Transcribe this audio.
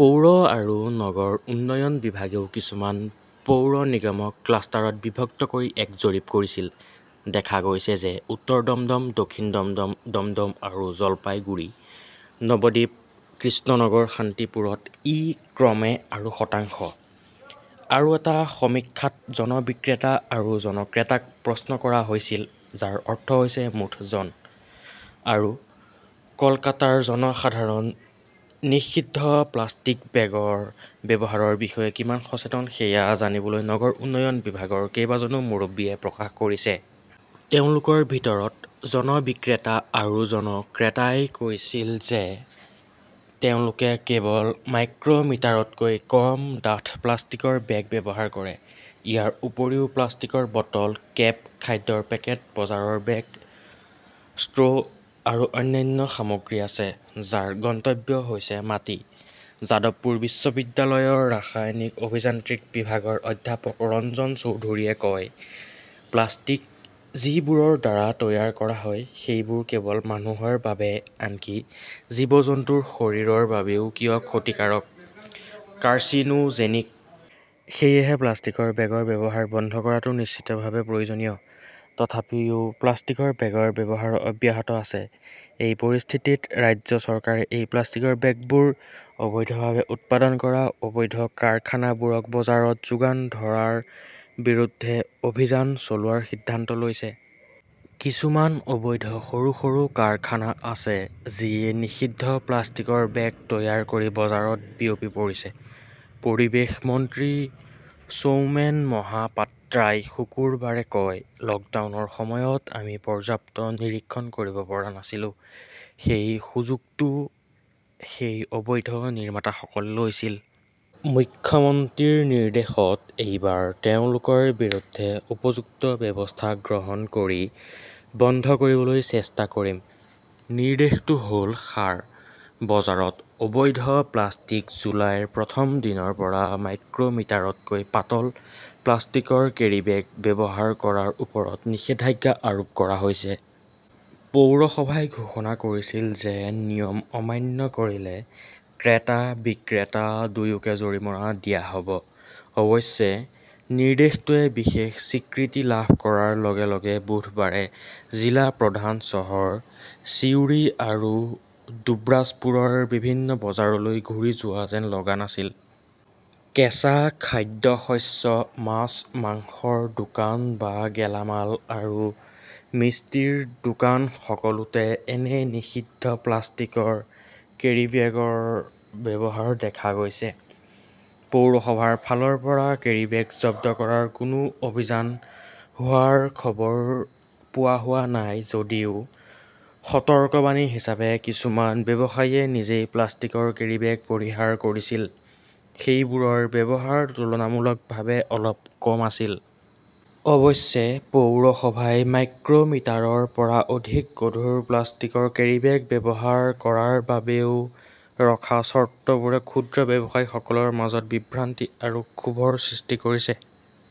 পৌৰ আৰু নগৰ উন্নয়ন বিভাগেও কিছুমান পৌৰ নিগমক ক্লাষ্টাৰত বিভক্ত কৰি এক জৰীপ কৰিছিল। দেখা গৈছে যে উত্তৰ দমদম, দক্ষিণ দমদম, দমদম আৰু জলপাইগুৰি, নৱদ্বীপ, কৃষ্ণনগৰ, শান্তিপুৰত ই ক্ৰমে আৰু শতাংশ। আৰু এটা সমীক্ষাত জন বিক্ৰেতা আৰু জন ক্ৰেতাক প্ৰশ্ন কৰা হৈছিল, যাৰ অৰ্থ হৈছে মুঠ জন, আৰু কলকাতাৰ জনসাধাৰণ নিষিদ্ধ প্লাষ্টিক বেগৰ ব্যৱহাৰৰ বিষয়ে কিমান সচেতন সেয়া জানিবলৈ নগৰ উন্নয়ন বিভাগৰ কেইবাজনো মুৰব্বীয়ে প্ৰকাশ কৰিছে। তেওঁলোকৰ ভিতৰত জন বিক্ৰেতা আৰু জন ক্ৰেতাই কৈছিল যে তেওঁলোকে কেৱল মাইক্ৰ মিটাৰতকৈ কম ডাঠ প্লাষ্টিকৰ বেগ ব্যৱহাৰ কৰে। ইয়াৰ উপৰিও প্লাষ্টিকৰ বটল, কেপ, খাদ্যৰ পেকেট, বজাৰৰ বেগ, ষ্ট্ৰ 'আৰু অন্যান্য সামগ্ৰী আছে, যাৰ গন্তব্য হৈছে মাটি, যাদৱপুৰ বিশ্ববিদ্যালয়ৰ ৰাসায়নিক অভিযান্ত্ৰিক বিভাগৰ অধ্যাপক ৰঞ্জন চৌধুৰীয়ে কয়, প্লাষ্টিক যিবোৰৰ দ্বাৰা তৈয়াৰ কৰা হয় সেইবোৰ কেৱল মানুহৰ বাবে, আনকি জীৱ-জন্তুৰ শৰীৰৰ বাবেও কিয় ক্ষতিকাৰক, কাৰ্চিনোজেনিক। সেয়েহে প্লাষ্টিকৰ বেগৰ ব্যৱহাৰ বন্ধ কৰাটো নিশ্চিতভাৱে প্ৰয়োজনীয়। তথাপিও প্লাষ্টিকৰ বেগৰ ব্যৱহাৰ অব্যাহত আছে। এই পৰিস্থিতিত ৰাজ্য চৰকাৰে এই প্লাষ্টিকৰ বেগবোৰ অবৈধভাৱে উৎপাদন কৰা অবৈধ কাৰখানাবোৰক বজাৰত যোগান ধৰাৰ বিৰুদ্ধে অভিযান চলোৱাৰ সিদ্ধান্ত লৈছে। কিছুমান অবৈধ সৰু-সৰু কাৰখানা আছে, যিয়ে নিষিদ্ধ প্লাষ্টিকৰ বেগ তৈয়াৰ কৰি বজাৰত বিয়পি পৰিছে, পৰিৱেশ মন্ত্ৰী সৌমেন মহাপাত্ৰাই শুকুৰবাৰে কয়। লকডাউনৰ সময়ত আমি পৰ্যাপ্ত নিৰীক্ষণ কৰিব পৰা নাছিলো। সেই সুযোগটো সেই অবৈধ নিৰ্মাতাসকলে লৈছিল। মুখ্যমন্ত্ৰীৰ নিৰ্দেশত এইবাৰ তেওঁলোকৰ বিৰুদ্ধে উপযুক্ত ব্যৱস্থা গ্ৰহণ কৰি বন্ধ কৰিবলৈ চেষ্টা কৰিম। "। নিৰ্দেশটো হ "ল সাৰ, বজাৰত অবৈধ প্লাষ্টিক জুলাইৰ প্ৰথম দিনৰ পৰা মাইক্ৰ মিটাৰতকৈ পাতল প্লাষ্টিকৰ কেৰীবেগ ব্যৱহাৰ কৰাৰ ওপৰত নিষেধাজ্ঞা আৰোপ কৰা হৈছে। পৌৰসভাই ঘোষণা কৰিছিল যে নিয়ম অমান্য কৰিলে ক্ৰেতা-বিক্ৰেতা দুয়োকে জৰিমনা দিয়া হ 'ব। অৱশ্যে, নিৰ্দেশটোৱে বিশেষ স্বীকৃতি লাভ কৰাৰ লগে-লগে বুধবাৰে জিলা প্ৰধান চহৰ ছিউৰি আৰু ডুব্ৰাজপুৰৰ বিভিন্ন বজাৰলৈ ঘূৰি যোৱা যেন লগা নাছিল। কেঁচা খাদ্যশস্য, মাছ, মাংসৰ দোকান বা গেলামাল আৰু মিষ্টিৰ দোকান-সকলোতে এনে 'নিষিদ্ধ প্লাষ্টিকৰ কেৰিব্যাগৰ ব্যৱহাৰ দেখা গৈছে। পৌৰসভাৰ ফালৰ পৰা কেৰীবেগ জব্দ কৰাৰ কোনো অভিযান হোৱাৰ খবৰ পোৱা হোৱা নাই। যদিও সতৰ্কবাণী হিচাপে কিছুমান ব্যৱসায়ীয়ে নিজেই প্লাষ্টিকৰ কেৰীবেগ পৰিহাৰ কৰিছিল, সেইবোৰৰ ব্যৱহাৰ তুলনামূলকভাৱে অলপ কম আছিল। অৱশ্যে, পৌৰসভাই মাইক্ৰ মিটাৰৰ পৰা অধিক গধুৰ প্লাষ্টিকৰ কেৰীবেগ ব্যৱহাৰ কৰাৰ বাবেও ৰখা চৰ্তবোৰে ক্ষুদ্ৰ ব্যৱসায়ীসকলৰ মাজত বিভ্ৰান্তি আৰু ক্ষোভৰ সৃষ্টি কৰিছে।